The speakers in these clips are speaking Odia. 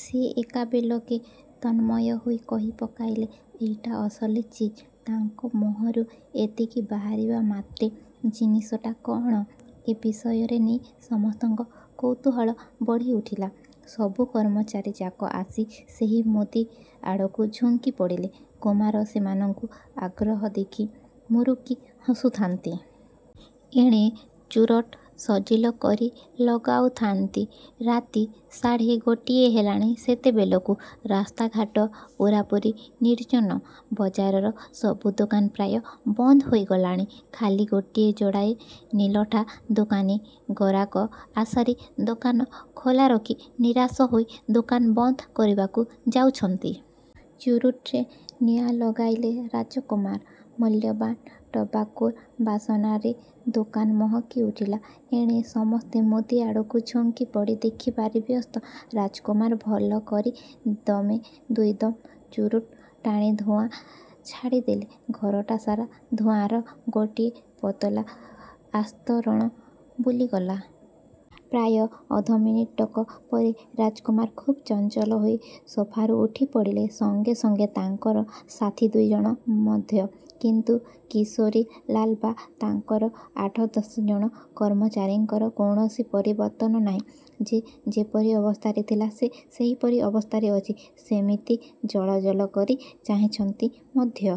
ସେ ଏକାବେଳକେ ତନ୍ମୟ ହୋଇ କହି ପକାଇଲେ-''ଏଇଟା ଅସଲି ଚିଜ। '' ତାଙ୍କ ମୁହଁରୁ ଏତିକି ବାହାରିବା ମାତ୍ରେ 'ଜିନିଷଟା କଅଣ' ଏ ବିଷୟରେ ନେଇ ସମସ୍ତଙ୍କର କୌତୁହଳ ବଢ଼ି ଉଠିଲା। ସବୁ କର୍ମଚାରୀଯାକ ଆସି ସେହି ମୁଦି ଆଡ଼କୁ ଝୁଙ୍କି ପଡ଼ିଲେ। କୁମାର ସେମାନଙ୍କର ଆଗ୍ରହ ଦେଖି ମୁରୁକି ହସୁଥାନ୍ତି। ଏଣେ ଚୁରୁଟ୍ ସଜିଲ କରି ଲଗାଉଥାନ୍ତି। ରାତି ସାଢ଼େ ଗୋଟାଏ ହେଲାଣି ସେତେବେଳକୁ। ରାସ୍ତାଘାଟ ପୂରାପୂରି ନିର୍ଜନ। ବଜାରର ସବୁ ଦୋକାନ ପ୍ରାୟ ବନ୍ଦ ହୋଇ ଗଲାଣି। ଖାଲି ଗୋଟାଏ ଯୋଡ଼ାଏ ନିଲଠା ଦୋକାନୀ ଗରାକ ଆଶାରେ ଦୋକାନ ଖୋଲାରଖି ନିରାଶ ହୋଇ ଦୋକାନ ବନ୍ଦ କରିବାକୁ ଯାଉଛନ୍ତି। ଚୁରୁଟ୍ରେ ନିଆଁ ଲଗାଇଲେ ରାଜକୁମାର। ମୂଲ୍ୟବାନ ଟବାକୋର ବାସନାରେ ଦୋକାନ ମହକି ଉଠିଲା। ଏଣେ ସମସ୍ତେ ମୁଦି ଆଡ଼କୁ ଝୁଙ୍କିପଡ଼ି ଦେଖିବାରେ ବ୍ୟସ୍ତ। ରାଜକୁମାର ଭଲକରି ଦମେ ଦୁଇଦମ ଚୁରୁଟ୍ ଟାଣି ଧୂଆଁ ଛାଡ଼ି ଦେଲେ। ଘରଟା ସାରା ଧୂଆଁର ଗୋଟାଏ ପାତଳା ଆସ୍ତରଣ ବୁଲିଗଲା। ପ୍ରାୟ ଅଧମିନିଟକ ପରେ ରାଜକୁମାର ଖୁବ୍ ଚଞ୍ଚଳହୋଇ ସୋଫାରୁ ଉଠିପଡ଼ିଲେ। ସଙ୍ଗେ ସଙ୍ଗେ ତାଙ୍କର ସାଥି ଦୁଇଜଣ ମଧ୍ୟ। କିନ୍ତୁ କିଶୋରୀଲାଲ ବା ତାଙ୍କର ଆଠ ଦଶଜଣ କର୍ମଚାରୀଙ୍କର କୌଣସି ପରିବର୍ତ୍ତନ ନାହିଁ। ଯେ ଯେପରି ଅବସ୍ଥାରେ ଥିଲା, ସେ ସେହିପରି ଅବସ୍ଥାରେ ଅଛି। ସେମିତି ଜଳଜଳ କରି ଚାହିଁଛନ୍ତି ମଧ୍ୟ।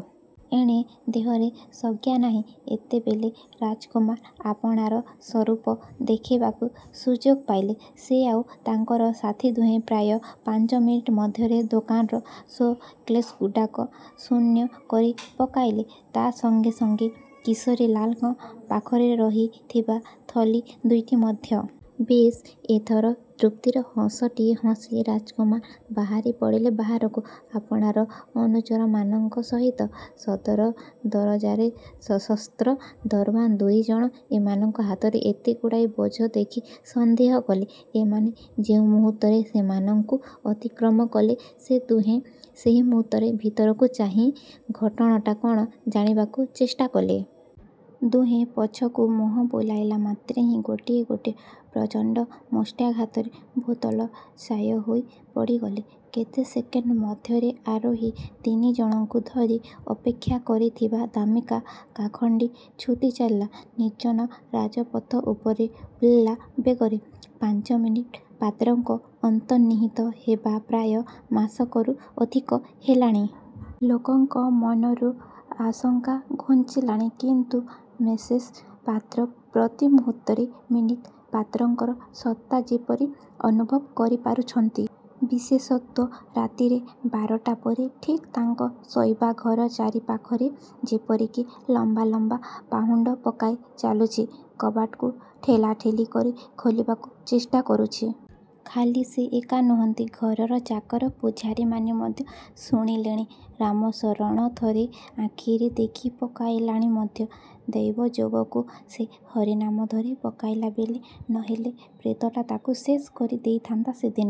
ଏଣେ ଦେହରେ ସଜ୍ଞାନାହିଁ। ଏତେବେଳେ ରାଜକୁମାର ଆପଣାର ସ୍ୱରୂପ ଦେଖାଇବାକୁ ସୁଯୋଗ ପାଇଲେ। ସେ ଆଉ ତାଙ୍କର ସାଥି ଦୁହେଁ ପ୍ରାୟ ପାଞ୍ଚ ମିନିଟ ମଧ୍ୟରେ ଦୋକାନର ସୋ କେଶ୍ଗୁଡ଼ାକ ଶୂନ୍ୟ କରି ପକାଇଲେ। ତା' ସଙ୍ଗେ ସଙ୍ଗେ କିଶୋରୀଲାଲଙ୍କ ପାଖରେ ରଖି ଥିବା ଥଳି ଦୁଇଟି ମଧ୍ୟ। ବେଶ୍! ଏଥର ତୃପ୍ତିର ହସଟିଏ ହସି ରାଜକୁମାର ବାହାରି ପଡ଼ିଲେ ବାହାରକୁ, ଆପଣାର ଅନୁଚରମାନଙ୍କ ସହିତ। ସଦର ଦରଜାରେ ସଶସ୍ତ୍ର ଦରଓ୍ୱାନ୍ ଦୁଇଜଣ ଏମାନଙ୍କ ହାତରେ ଏତେଗୁଡ଼ିଏ ବୋଝ ଦେଖି ସନ୍ଦେହ କଲେ। ଏମାନେ ଯେଉଁ ମୁହୂର୍ତ୍ତରେ ସେମାନଙ୍କୁ ଅତିକ୍ରମ କଲେ ସେ ଦୁହେଁ ସେଇ ମୁହୂର୍ତ୍ତରେ ଭିତରକୁ ଚାହିଁ ଘଟଣାଟା କ'ଣ ଜାଣିବାକୁ ଚେଷ୍ଟାକଲେ। ଦୁହେଁ ପଛକୁ ମୁହଁ ବୁଲାଇଲା ମାତ୍ରେହିଁ ଗୋଟିଏ ଗୋଟିଏ ପ୍ରଚଣ୍ଡ ମୁଷ୍ଟ୍ୟାଘାତରେ ଭୂତଳଶାୟ ହୋଇ ପଡ଼ିଗଲେ। କେତେ ସେକେଣ୍ଡ ମଧ୍ୟରେ ଆରୋହୀ ତିନିଜଣଙ୍କୁ ଧରି ଅପେକ୍ଷା କରିଥିବା ଦାମୀକା କାର୍ଖଣ୍ଡି ଛୁଟି ଚାଲିଲା ନିର୍ଜନ ରାଜପଥ ଉପରେ ଉଲ୍କା ବେଗରେ। -ପାଞ୍ଚ- ମି: ପାତ୍ରଙ୍କ ଅନ୍ତର୍ନିହିତ ହେବା ପ୍ରାୟ ମାସକରୁ ଅଧିକ ହେଲାଣି। ଲୋକଙ୍କ ମନରୁ ଆଶଙ୍କା ଘୁଞ୍ଚିଲାଣି। କିନ୍ତୁ ମିସେସ୍ ପାତ୍ର ପ୍ରତିମୁହୂର୍ତ୍ତରେ ମି: ପାତ୍ରଙ୍କର ସତ୍ତା ଯେପରି ଅନୁଭବ କରିପାରୁଛନ୍ତି। ବିଶେଷତଃ ରାତିରେ, ବାରଟା ପରେ। ଠିକ୍ ତାଙ୍କ ଶୋଇବା ଘର ଚାରିପାଖରେ ଯେପରି କିଏ ଲମ୍ବା ଲମ୍ବା ପାହୁଣ୍ଡ ପକାଇ ଚାଲୁଛି। କବାଟକୁ ଠେଲା ଠେଲି କରି ଖୋଲିବାକୁ ଚେଷ୍ଟା କରୁଛି। ଖାଲି ସେ ଏକା ନୁହନ୍ତି; ଘରର ଚାକର ପୁଝାରୀମାନେ ମଧ୍ୟ ଶୁଣିଲେଣି। ରାମଶରଣ ଥରେ ଆଖିରେ ଦେଖି ପକାଇଲାଣି ମଧ୍ୟ। ଦୈବଯୋଗକୁ ସେ ହରିନାମ ଧରି ପକାଇଲା ବୋଲି, ନ ହେଲେ ପ୍ରେତଟା ତାକୁ ଶେଷ କରି ଦେଇଥାନ୍ତା ସେଦିନ।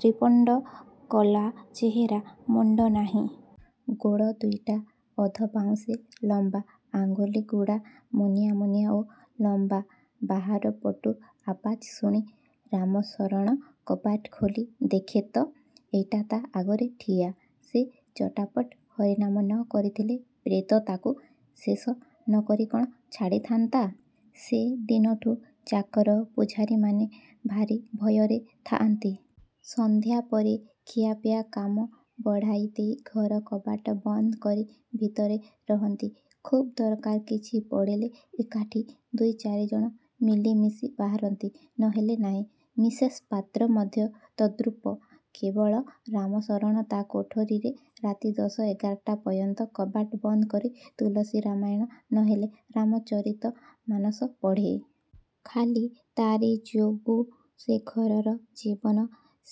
ତ୍ରିପଣ୍ଡକଳା ଚେହେରା। ମୁଣ୍ଡ ନାହିଁ। ଗୋଡ଼ ଦୁଇଟା ଅଧବାଉଁଶେ ଲମ୍ବା। ଆଙ୍ଗୁଳିଗୁଡ଼ା ମୁନିଆଁ ମୁନିଆଁ ଓ ଲମ୍ବା। ବାହାରପଟୁ ଆବାଜ ଶୁଣି ରାମଶରଣ କବାଟ ଖୋଲି ଦେଖେ ତ, ଏଇଟା ତା' ଆଗରେ ଠିଆ! ସେ ଚଟାପଟ୍ ହରିନାମ ନ କରିଥିଲେ ପ୍ରେତ ତାକୁ ଶେଷ ନକରି କ'ଣ ଛାଡ଼ିଥାନ୍ତା? ସେ ଦିନଠୁଁ ଚାକର ପୁଝାରୀମାନେ ଭାରି ଭୟରେ ଥାଆନ୍ତି। ସନ୍ଧ୍ୟା ପରେ ଖିଆ ପିଆ କାମ ବଢ଼ାଇ ଦେଇ ଘର କବାଟ ବନ୍ଦକରି ଭିତରେ ରହନ୍ତି। ଖୁବ୍ ଦରକାର କିଛି ପଡ଼ିଲେ ଏକାଠି ଦୁଇ ଚାରିଜଣ ମିଳି ମିଶି ବାହାରନ୍ତି, ନହେଲେ ନାହିଁ। ମିସେସ୍ ପାତ୍ର ମଧ୍ୟ ତଦ୍ରୂପ। କେବଳ ରାମଶରଣ ତା' କୋଠରୀରେ ରାତି ଦଶ ଏଗାରଟା ପର୍ଯ୍ୟନ୍ତ କବାଟ ବନ୍ଦ କରି ତୁଳସୀ ରାମାୟଣ, ନହେଲେ ରାମଚରିତମାନସ ପଢ଼େ। ଖାଲି ତା'ରି ଯୋଗୁ ସେ ଘରର ଜୀବନ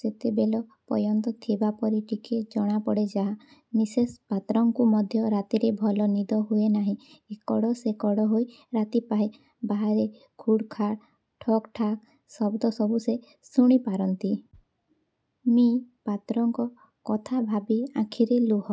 ସେତେବେଳ ପର୍ଯ୍ୟନ୍ତ ଥିବାପରି ଟିକିଏ ଜଣାପଡ଼େ ଯାହା। ମିସେସ୍ ପାତ୍ରଙ୍କୁ ମଧ୍ୟ ରାତିରେ ଭଲ ନିଦ ହୁଏ ନାହିଁ। ଏକଡ଼ ସେକଡ଼ ହୋଇ ରାତି ପାହେ। ବାହାରେ ଖୁଡ଼୍ ଖାଡ଼୍, ଠକ୍ ଠାକ୍ ଶବ୍ଦ ସବୁ ସେ ଶୁଣି ପାରନ୍ତି। ମି: ପାତ୍ରଙ୍କ କଥା ଭାବି ଆଖିରେ ଲୁହ।